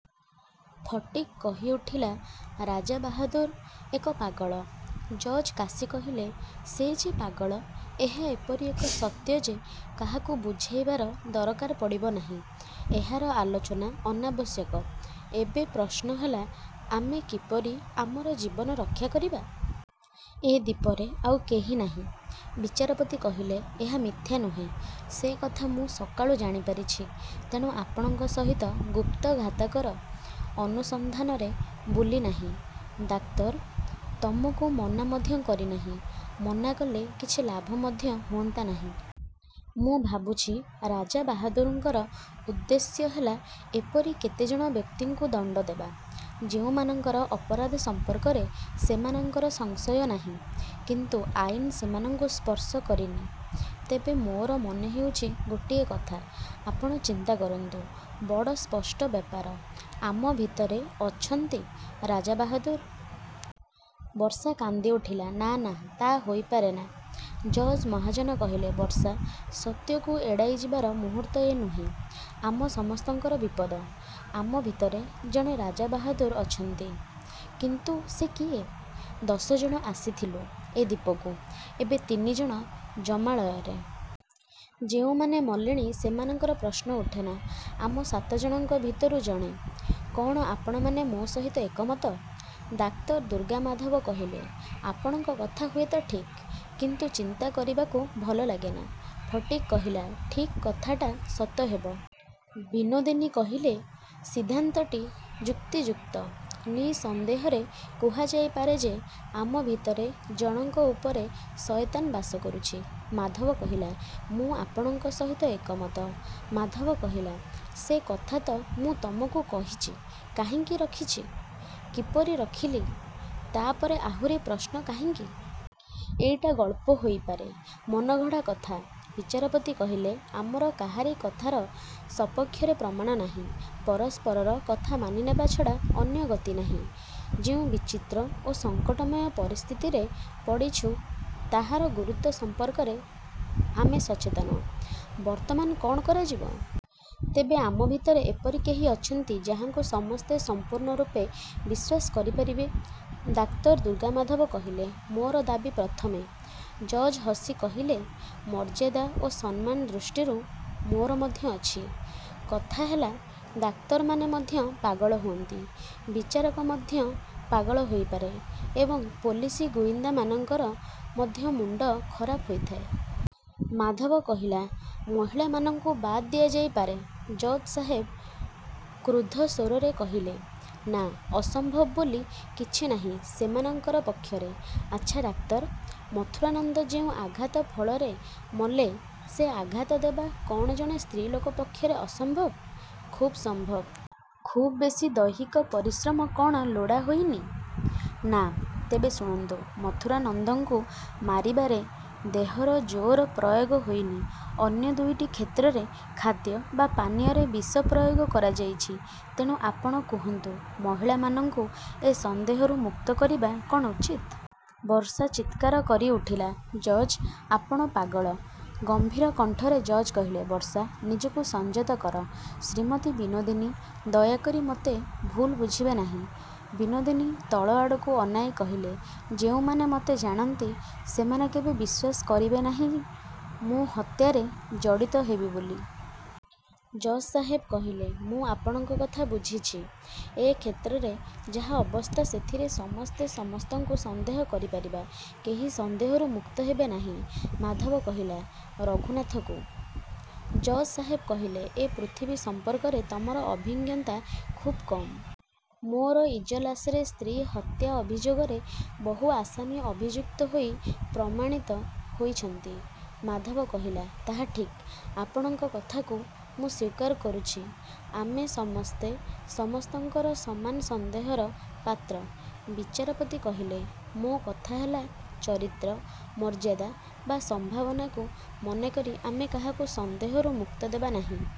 ଫଟିକ୍ କହିଉଠିଲା, ରାଜାବାହାଦୁର ଏକ ପାଗଳ। ଜଜ୍ କାଶୀ କହିଲେ, ସେ ଯେ ପାଗଳ, ଏହା ଏପରି ଏକ ସତ୍ୟ ଯେ କାହାକୁ ବୁଝେଇବାର ଦରକାର ପଡ଼ିବ ନାହିଁ। ଏହାର ଆଲୋଚନା ଅନାବଶ୍ୟକ। ଏବେ ପ୍ରଶ୍ନ ହେଲା ଆମେ କିପରି ଆମର ଜୀବନ ରକ୍ଷା କରିବା! ଏ ଦ୍ଵୀପରେ ଆଉ କେହି ନାହିଁ। ବିଚାରପତି କହିଲେ, ଏହା ମିଥ୍ୟା ନୁହେଁ। ସେ କଥା ମୁଁ ସକାଳୁ ଜାଣିପାରିଛି। ତେଣୁ ଆପଣଙ୍କ ସହିତ ଗୁପ୍ତଘାତକର ଅନୁସନ୍ଧାନରେ ବୁଲିନାହିଁ, ଡାକ୍ତର, ତମକୁ ମନା ମଧ୍ୟ କରିନାହିଁ। ମନା କଲେ କିଛି ଲାଭ ମଧ୍ୟ ହୁଅନ୍ତା ନାହିଁ। ମୁଁ ଭାବୁଛି, ରାଜାବାହାଦୁରଙ୍କର ଉଦ୍ଦେଶ୍ୟ ହେଲା ଏପରି କେତେଜଣ ବ୍ୟକ୍ତିଙ୍କୁ ଦଣ୍ଡ ଦେବା, ଯେଉଁମାନଙ୍କର ଅପରାଧ ସମ୍ପର୍କରେ ସେମାନଙ୍କର ସଂଶୟ ନାହିଁ, କିନ୍ତୁ ଆଇନ ସେମାନଙ୍କୁ ସ୍ପର୍ଶ କରିନି। ତେବେ ମୋର ମନେହେଉଛି ଗୋଟିଏ କଥା। ଆପଣ ଚିନ୍ତା କରନ୍ତୁ। ବଡ଼ ସ୍ପଷ୍ଟ ବ୍ୟାପାର। ଆମ ଭିତରେ ଅଛନ୍ତି ରାଜାବାହାଦୁର। ବର୍ଷା କାନ୍ଦିଉଠିଲା, ନା, ନା, ତାହା ହୋଇପାରେନା। ଜଜ୍ ମହାଜନ କହିଲେ, ବର୍ଷା, ସତ୍ୟକୁ ଏଡ଼ାଇଯିବାର ମୁହୂର୍ତ୍ତ ଏ ନୁହେଁ। ଆମ ସମସ୍ତଙ୍କର ବିପଦ। ଆମ ଭିତରେ ଜଣେ ରାଜାବାହାଦୁର ଅଛନ୍ତି। କିନ୍ତୁ ସେ କିଏ? ଦଶ ଜଣ ଆସିଥିଲୁ ଏ ଦୀପକୁ, ଏବେ ତିନି ଜଣ ଯମାଳୟରେ। ଯେଉଁମାନେ ମଲେଣି ସେମାନଙ୍କର ପ୍ରଶ୍ନ ଉଠେନା। ଆମ ସାତ ଜଣଙ୍କ ଭିତରୁ ଜଣେ? କ'ଣ ଆପଣମାନେ ମୋ ସହିତ ଏକମତ? ଡାକ୍ତର ଦୁର୍ଗାମାଧବ କହିଲେ, ଆପଣଙ୍କ କଥା ହୁଏତ ଠିକ୍, କିନ୍ତୁ ଚିନ୍ତା କରିବାକୁ ଭଲ ଲାଗେନା। ଫଟିକ୍ କହିଲା, ଠିକ୍ କଥାଟା ସତ ହେବ। ବିନୋଦିନୀ କହିଲେ, ସିଦ୍ଧାନ୍ତଟି ଯୁକ୍ତିଯୁକ୍ତ। ନିଃସନ୍ଦେହରେ କୁହାଯାଇପାରେ ଯେ ଆମ ଭିତରେ ଜଣଙ୍କ ଉପରେ ଶୟତାନ ବାସ କରୁଛି। ମାଧବ କହିଲା, ମୁଁ ଆପଣଙ୍କ ସହିତ ଏକମତ। ମାଧବ କହିଲା, ସେ କଥା ତ ମୁଁ ତମକୁ କହିଛି କାହିଁକି ରଖିଛି, କିପରି ରଖିଲି। ତା ପରେ ଆହୁରି ପ୍ରଶ୍ନ କାହିଁକି? ଏଇଟା ଗଳ୍ପ ହୋଇପାରେ। ମନଗଢ଼ା କଥା। ବିଚାରପତି କହିଲେ, ଆମର କାହାରି କଥାର ସପକ୍ଷରେ ପ୍ରମାଣ ନାହିଁ। ପରସ୍ପରର କଥା ମାନିନେବା ଛଡ଼ା ଅନ୍ୟ ଗତି ନାହିଁ। ଯେଉଁ ବିଚିତ୍ର ଓ ସଙ୍କଟମୟ ପରିସ୍ଥିତିରେ ପଡ଼ିଛୁ ତାହାର ଗୁରୁତ୍ଵ ସମ୍ପର୍କରେ ଆମେ ସଚେତନ। ବର୍ତ୍ତମାନ କ'ଣ କରାଯିବ? ତେବେ ଆମ ଭିତରେ ଏପରି କେହି ଅଛନ୍ତି ଯାହାଙ୍କୁ ସମସ୍ତେ ସମ୍ପୂର୍ଣ୍ଣରୂପେ ବିଶ୍ୱାସ କରିପାରିବେ? ଡାକ୍ତର ଦୁର୍ଗାମାଧବ କହିଲେ, ମୋର ଦାବି ପ୍ରଥମେ। ଜଜ୍ ହସି କହିଲେ, ମର୍ଯ୍ୟାଦା ଓ ସନ୍ମାନ ଦୃଷ୍ଟିରୁ ମୋର ମଧ୍ୟ ଅଛି। କଥା ହେଲା, ଡାକ୍ତରମାନେ ମଧ୍ୟ ପାଗଳ ହୁଅନ୍ତି, ବିଚାରକ ମଧ୍ୟ ପାଗଳ ହୋଇପାରେ ଏବଂ ପୋଲିସ ଗୁଇନ୍ଦାମାନଙ୍କର ମଧ୍ୟ ମୁଣ୍ଡ ଖରାପ ହୋଇଥାଏ। ମାଧବ କହିଲା, ମହିଳାମାନଙ୍କୁ ବାଦ୍ ଦିଆଯାଇପାରେ। ଜଜ୍ ସାହେବ କ୍ରୁଦ୍ଧ ସ୍ଵରରେ କହିଲେ, ନା, ଅସମ୍ଭବ ବୋଲି କିଛି ନାହିଁ ସେମାନଙ୍କର ପକ୍ଷରେ। ଆଚ୍ଛା ଡାକ୍ତର, ମଥୁରାନନ୍ଦ ଯେଉଁ ଆଘାତ ଫଳରେ ମଲେ ସେ ଆଘାତ ଦେବା କ'ଣ ଜଣେ ସ୍ତ୍ରୀଲୋକ ପକ୍ଷରେ ଅସମ୍ଭବ? ଖୁବ୍ ସମ୍ଭବ। ଖୁବ୍ ବେଶି ଦୈହିକ ପରିଶ୍ରମ କ'ଣ ଲୋଡ଼ା ହୋଇନି? ନା। ତେବେ ଶୁଣନ୍ତୁ। ମଥୁରାନନ୍ଦଙ୍କୁ ମାରିବାରେ ଦେହର ଜୋର ପ୍ରୟୋଗ ହୋଇନି। ଅନ୍ୟ ଦୁଇଟି କ୍ଷେତ୍ରରେ ଖାଦ୍ୟ ବା ପାନୀୟରେ ବିଷ ପ୍ରୟୋଗ କରାଯାଇଛି। ତେଣୁ ଆପଣ କୁହନ୍ତୁ, ମହିଳାମାନଙ୍କୁ ଏ ସନ୍ଦେହରୁ ମୁକ୍ତ କରିବା କ'ଣ ଉଚିତ? ବର୍ଷା ଚିତ୍କାର କରିଉଠିଲା, ଜଜ୍, ଆପଣ ପାଗଳ। ଗମ୍ଭୀର କଣ୍ଠରେ ଜଜ୍ କହିଲେ, ବର୍ଷା, ନିଜକୁ ସଂଯତ କର। ଶ୍ରୀମତୀ ବିନୋଦିନୀ, ଦୟାକରି ମୋତେ ଭୁଲ ବୁଝିବେ ନାହିଁ। ବିନୋଦିନୀ ତଳ ଆଡ଼କୁ ଅନାଇ କହିଲେ, ଯେଉଁମାନେ ମୋତେ ଜାଣନ୍ତି, ସେମାନେ କେବେ ବିଶ୍ୱାସ କରିବେ ନାହିଁ ମୁଁ ହତ୍ୟାରେ ଜଡ଼ିତ ହେବି ବୋଲି। ଜଜ୍ ସାହେବ କହିଲେ, ମୁଁ ଆପଣଙ୍କ କଥା ବୁଝିଛି। ଏ କ୍ଷେତ୍ରରେ ଯାହା ଅବସ୍ଥା ସେଥିରେ ସମସ୍ତେ ସମସ୍ତଙ୍କୁ ସନ୍ଦେହ କରିପାରିବା। କେହି ସନ୍ଦେହରୁ ମୁକ୍ତ ହେବେ ନାହିଁ। ମାଧବ କହିଲା, ରଘୁନାଥକୁ? ଜଜ୍ ସାହେବ କହିଲେ, ଏ ପୃଥିବୀ ସମ୍ପର୍କରେ ତମର ଅଭିଜ୍ଞତା ଖୁବ୍ କମ୍। ମୋର ଇଜଲାସରେ ସ୍ତ୍ରୀ ହତ୍ୟା ଅଭିଯୋଗରେ ବହୁ ଆସାମୀ ଅଭିଯୁକ୍ତ ହୋଇ ପ୍ରମାଣିତ ହୋଇଛନ୍ତି। ମାଧବ କହିଲା, ତାହା ଠିକ୍। ଆପଣଙ୍କ କଥାକୁ ମୁଁ ସ୍ଵୀକାର କରୁଛି। ଆମେ ସମସ୍ତେ ସମସ୍ତଙ୍କର ସମାନ ସନ୍ଦେହର ପାତ୍ର। ବିଚାରପତି କହିଲେ, ମୋ କଥା ହେଲା ଚରିତ୍ର, ମର୍ଯ୍ୟାଦା ବା ସମ୍ଭାବନାକୁ ମନେକରି ଆମେ କାହାକୁ ସନ୍ଦେହରୁ ମୁକ୍ତ ଦେବା ନାହିଁ।